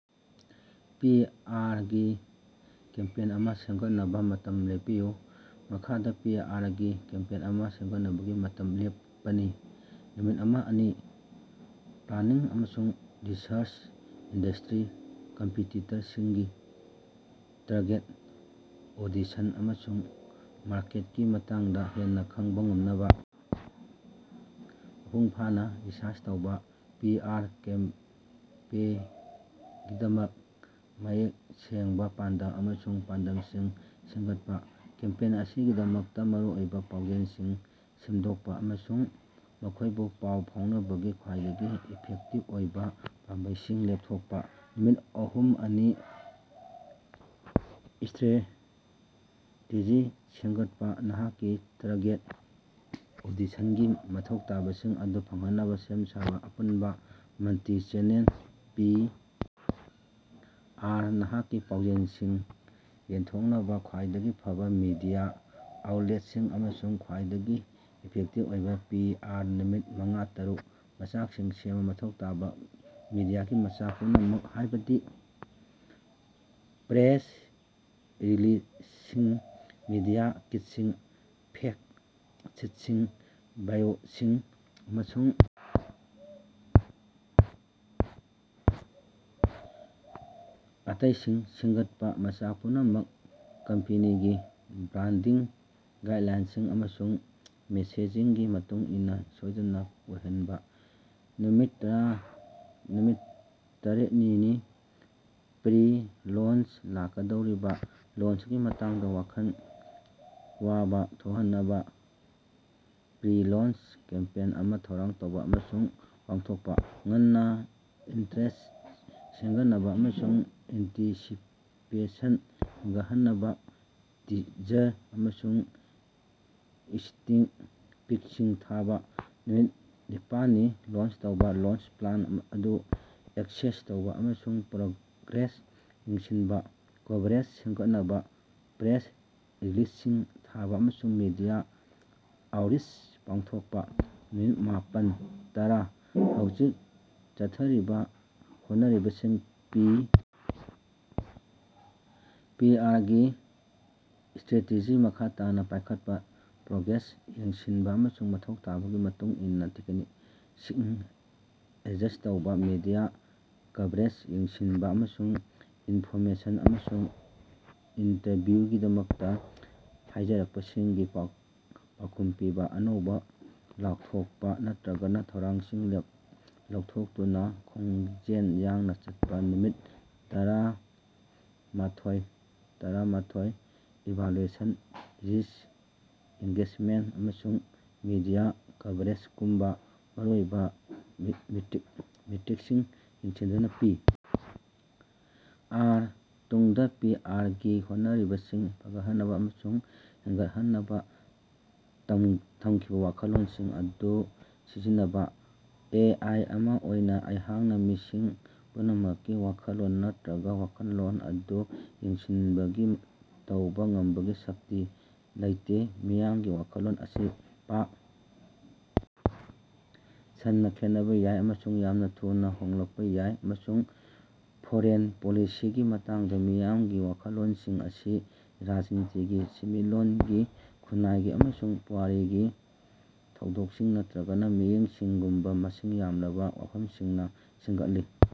ꯄꯤ. R. ꯒꯤ campaign ꯑꯃ ꯁꯦꯃꯒꯠꯅꯕ ꯃꯇꯝ ꯂꯦꯞꯄꯤꯌꯨ꯫ ꯃꯈꯥꯗ ꯄꯤ. ꯑꯥꯔ. ꯒꯤ ꯀꯦꯝꯄꯦꯟ ꯑꯃ ꯁꯦꯝꯒꯠꯅꯕꯒꯤ ꯃꯇꯝ ꯂꯦꯞꯄꯅꯤ: ꯅꯨꯃꯤꯠ ꯑꯃ ꯑꯅꯤ: ꯄ꯭ꯂꯥꯡꯅꯤꯡ ꯑꯃꯁꯨꯡ ꯔꯤꯁꯔꯆ ꯏꯟꯗꯁ꯭ꯇꯔꯤ, ꯀꯝꯄꯤꯇꯤꯇꯔꯁꯤꯡ, ꯇꯥꯔꯒꯦꯠ ꯑꯣꯗꯤꯁꯟ, ꯑꯃꯁꯨꯡ ꯃꯥꯔꯀꯦꯠꯀꯤ ꯃꯇꯥꯡꯗ ꯍꯦꯟꯅ ꯈꯪꯕ ꯉꯝꯅꯕ ꯃꯄꯨꯡ ꯐꯥꯅ ꯔꯤꯁꯔꯆ ꯇꯧꯕ꯫ ꯄꯤ ꯑꯥꯔ ꯀꯦꯝꯄꯦꯉꯤꯗꯃꯛ ꯃꯌꯦꯛ ꯁꯦꯡꯕ ꯄꯥꯟꯗꯝ ꯑꯃꯁꯨꯡ ꯄꯥꯟꯗꯝꯁꯤꯡ ꯁꯦꯝꯒꯠꯄ꯫ ꯀꯦꯝꯄꯦꯟ ꯑꯁꯤꯒꯤꯗꯃꯛꯇꯥ ꯃꯔꯨꯑꯣꯏꯕ ꯄꯥꯎꯖꯦꯜꯁꯤꯡ ꯁꯦꯝꯗꯣꯛꯄ ꯑꯃꯁꯨꯡ ꯃꯈꯣꯏꯕꯨ ꯄꯥꯎ ꯐꯥꯎꯅꯕꯒꯤ ꯈ꯭ꯋꯥꯏꯗꯒꯤ ꯏꯐꯦꯛꯇꯤꯕ ꯑꯣꯏꯕ ꯄꯥꯝꯕꯩꯁꯤꯡ ꯂꯦꯞꯊꯣꯛꯄ꯫ ꯅꯨꯃꯤꯠ ꯑꯍꯨꯝ ꯑꯅꯤ: ꯏꯁ꯭ꯇꯔꯦꯇꯦꯖꯤ ꯁꯦꯝꯒꯠꯄ ꯅꯍꯥꯛꯀꯤ ꯇꯥꯔꯒꯦꯠ ꯑꯣꯗꯤꯁꯟꯒꯤ ꯃꯊꯧ ꯇꯥꯕꯁꯤꯡ ꯑꯗꯨ ꯐꯪꯍꯟꯅꯕ ꯁꯦꯝ ꯁꯥꯕ ꯑꯄꯨꯟꯕ, ꯃꯜꯇꯤ-ꯆꯦꯅꯦꯜ ꯄꯤ. ꯑꯥꯔ. ꯅꯍꯥꯛꯀꯤ ꯄꯥꯎꯖꯦꯜꯁꯤꯡ ꯌꯦꯟꯊꯣꯛꯅꯕ ꯈ꯭ꯋꯥꯏꯗꯒꯤ ꯐꯕ ꯃꯤꯗꯤꯌꯥ ꯑꯥꯎꯠꯂꯦꯠꯁꯤꯡ ꯑꯃꯁꯨꯡ ꯈ꯭ꯋꯥꯏꯗꯒꯤ ꯏꯐꯦꯛꯇꯤꯕ ꯑꯣꯏꯕ ꯄꯤ. ꯑꯥꯔ. ꯅꯨꯃꯤꯠ ꯃꯉꯥ ꯇꯔꯨꯛ: ꯃꯆꯥꯛꯁꯤꯡ ꯁꯦꯝꯕ ꯃꯊꯧ ꯇꯥꯕ ꯃꯤꯗꯤꯌꯥꯒꯤ ꯃꯆꯥꯛ ꯄꯨꯝꯅꯃꯛ, ꯍꯥꯏꯕꯗꯤ ꯄ꯭ꯔꯦꯁ ꯔꯤꯂꯤꯖꯁꯤꯡ, ꯃꯤꯗꯤꯌꯥ ꯀꯤꯠꯁꯤꯡ, ꯐꯦꯛꯇ ꯁꯤꯠꯁꯤꯡ, ꯕꯥꯏꯑꯣꯁꯤꯡ, ꯑꯃꯁꯨꯡ ꯑꯇꯩꯁꯤꯡ ꯁꯦꯝꯒꯠꯄ꯫ ꯃꯆꯥꯛ ꯄꯨꯝꯅꯃꯛ ꯀꯝꯄꯦꯅꯤꯒꯤ ꯕ꯭ꯔꯥꯟꯗꯤꯡ ꯒꯥꯏꯗꯂꯥꯏꯟꯁꯤꯡ ꯑꯃꯁꯨꯡ ꯃꯦꯁꯦꯖꯤꯡꯒꯤ ꯃꯇꯨꯡ ꯏꯟꯅ ꯁꯣꯏꯗꯅ ꯑꯣꯏꯍꯟꯕ꯫ ꯅꯨꯃꯤꯠ ꯇꯔꯦꯅꯤꯅꯤ: ꯄ꯭ꯔꯤ-ꯂꯣꯟꯆ ꯂꯥꯛꯀꯗꯧꯔꯤꯕꯥ ꯂꯣꯟꯆꯀꯤ ꯃꯇꯥꯡꯗ ꯋꯥꯈꯜ ꯋꯥꯕ ꯊꯣꯛꯍꯟꯅꯕ ꯄ꯭ꯔꯤ-ꯂꯣꯟꯆ ꯀꯦꯝꯄꯦꯟ ꯑꯃ ꯊꯧꯔꯥꯡ ꯇꯧꯕ ꯑꯃꯁꯨꯡ ꯄꯥꯡꯊꯣꯛꯄ꯫ ꯉꯟꯅ ꯏꯟꯇꯔꯦꯁ ꯁꯦꯝꯒꯠꯅꯕ ꯑꯃꯁꯨꯡ ꯑꯦꯟꯇꯤꯁꯤꯄꯦꯁꯟ ꯍꯦꯟꯠꯍꯟꯅꯕ ꯇꯤꯖꯔ ꯑꯃꯁꯨꯡ ꯏꯁ꯭ꯅꯤꯛ ꯄꯤꯛꯁꯤꯡ ꯊꯥꯕ꯫ ꯅꯨꯃꯤꯠ ꯅꯤꯄꯥꯜꯅꯤ: ꯂꯣꯟꯆ ꯇꯧꯕ ꯂꯣꯟꯆ ꯄ꯭ꯂꯥꯟ ꯑꯗꯨ ꯑꯦꯛꯁꯦꯁ ꯇꯧꯕ ꯑꯃꯁꯨꯡ ꯄ꯭ꯔꯣꯒ꯭ꯔꯦꯁ ꯌꯦꯡꯁꯤꯟꯕ꯫ ꯀꯚꯔꯦꯖ ꯁꯦꯝꯒꯠꯅꯕ ꯄ꯭ꯔꯦꯁ ꯔꯤꯂꯤꯖꯁꯤꯡ ꯊꯥꯕ ꯑꯃꯁꯨꯡ ꯃꯤꯗꯤꯌꯥ ꯑꯥꯎꯠꯔꯤꯆ ꯄꯥꯡꯊꯣꯛꯄ꯫ ꯅꯨꯃꯤꯠ ꯃꯄꯥꯜ ꯇꯔꯥ: ꯍꯧꯖꯤꯛ ꯆꯠꯊꯔꯤꯕ ꯍꯣꯠꯅꯔꯤꯕꯁꯤꯡ ꯄꯤ. ꯑꯥꯔ. ꯒꯤ ꯏꯁ꯭ꯇꯔꯦꯇꯦꯖꯤ ꯃꯈꯥ ꯇꯥꯅ ꯄꯥꯏꯈꯠꯄ, ꯄ꯭ꯔꯣꯒ꯭ꯔꯦꯁ ꯌꯦꯡꯁꯤꯟꯕ, ꯑꯃꯁꯨꯡ ꯃꯊꯧ ꯇꯥꯕꯒꯤ ꯃꯇꯨꯡ ꯏꯟꯅ ꯇꯦꯛꯅꯤꯛꯁꯤꯡ ꯑꯦꯗꯖꯁ ꯇꯧꯕ꯫ ꯃꯤꯗꯤꯌꯥ ꯀꯚꯔꯦꯖ ꯌꯦꯡꯁꯤꯟꯕ ꯑꯃꯁꯨꯡ ꯏꯟꯟꯐꯣꯔꯃꯦꯁꯟ ꯑꯃꯁꯨꯡ ꯏꯟꯇꯔꯚ꯭ꯌꯨꯒꯤꯗꯃꯛꯇ ꯍꯥꯏꯖꯔꯛꯄꯁꯤꯡꯒꯤ ꯄꯥꯎꯈꯨꯝ ꯄꯤꯕ꯫ ꯑꯅꯧꯕ ꯂꯥꯎꯊꯣꯛꯄꯥ ꯅꯠꯇ꯭ꯔꯒꯥ ꯊꯧꯔꯥꯡꯁꯤꯡ ꯂꯧꯊꯣꯛꯇꯨꯅ ꯈꯣꯡꯖꯦꯜ ꯌꯥꯡꯅ ꯆꯠꯄ꯫ ꯅꯨꯃꯤꯠ ꯇꯔꯥꯥꯃꯊꯣꯏ ꯇꯔꯥꯃꯊꯣꯏ: ꯏꯚꯥꯂꯨꯑꯦꯁꯟ ꯔꯤꯆ, ꯑꯦꯡꯒꯦꯖꯃꯦꯟꯇ, ꯑꯃꯁꯨꯡ ꯃꯤꯗꯤꯌꯥ ꯀꯚꯔꯦꯖꯒꯨꯝꯕ ꯃꯔꯨꯑꯣꯏꯕ ꯃꯦꯇꯔꯤꯀꯁꯤꯡ ꯌꯦꯡꯁꯤꯟꯗꯨꯅ ꯄꯤ. ꯑꯥꯔ. ꯇꯨꯡꯗ ꯄꯤ. ꯑꯥꯔ. ꯒꯤ ꯍꯣꯠꯅꯔꯤꯕꯁꯤꯡ ꯐꯒꯠꯍꯟꯅꯕ ꯑꯃꯁꯨꯡ ꯍꯦꯟꯒꯠꯍꯟꯅꯕ ꯇꯝꯈꯤꯕ ꯋꯥꯈꯜꯂꯣꯟꯁꯤꯡ ꯑꯗꯨ ꯁꯤꯖꯤꯟꯅꯕ꯫ ꯑꯦ. ꯑꯥꯏ. ꯑꯃ ꯑꯣꯏꯅ ꯑꯩꯍꯥꯛꯅ ꯃꯤꯁꯤꯡ ꯄꯨꯝꯅꯃꯛꯀꯤ ꯋꯥꯈꯜꯂꯣꯟ ꯅꯠꯇꯔꯒꯥ ꯋꯥꯈꯜꯂꯣꯟ ꯑꯗꯨ ꯌꯦꯡꯁꯤꯅꯕꯒꯤ ꯇꯧꯕꯥ ꯉꯝꯕꯒꯤ ꯁꯛꯇꯤ ꯂꯩꯇꯦ꯫ ꯃꯤꯌꯥꯝꯒꯤ ꯋꯥꯈꯜꯂꯣꯟ ꯑꯁꯤ ꯄꯥꯛ ꯁꯟꯅ ꯈꯦꯠꯅꯕ ꯌꯥꯏ ꯑꯃꯁꯨꯡ ꯌꯥꯝꯅ ꯊꯨꯅ ꯍꯣꯡꯂꯛꯄ ꯌꯥꯏ, ꯑꯃꯁꯨꯡ ꯐꯣꯔꯦꯟ ꯄꯣꯂꯤꯁꯤꯒꯤ ꯃꯇꯥꯡꯗ ꯃꯤꯌꯥꯝꯒꯤ ꯋꯥꯈꯜꯂꯣꯟꯁꯤꯡ ꯑꯁꯤ ꯔꯥꯖꯅꯤꯇꯤꯒꯤ, ꯁꯦꯟꯃꯤꯠꯂꯣꯟꯒꯤ, ꯈꯨꯟꯅꯥꯏꯒꯤ ꯑꯃꯁꯨꯡ ꯄꯨꯋꯥꯔꯤꯒꯤ ꯊꯧꯗꯣꯛꯁꯤꯡ ꯅꯠꯇꯔꯒꯥ ꯃꯤꯠꯌꯦꯡꯁꯤꯡꯒꯨꯝꯕ ꯃꯁꯤꯡ ꯌꯥꯝꯂꯕ ꯋꯥꯐꯝꯁꯤꯡꯅ ꯁꯦꯝꯒꯠꯂꯤ꯫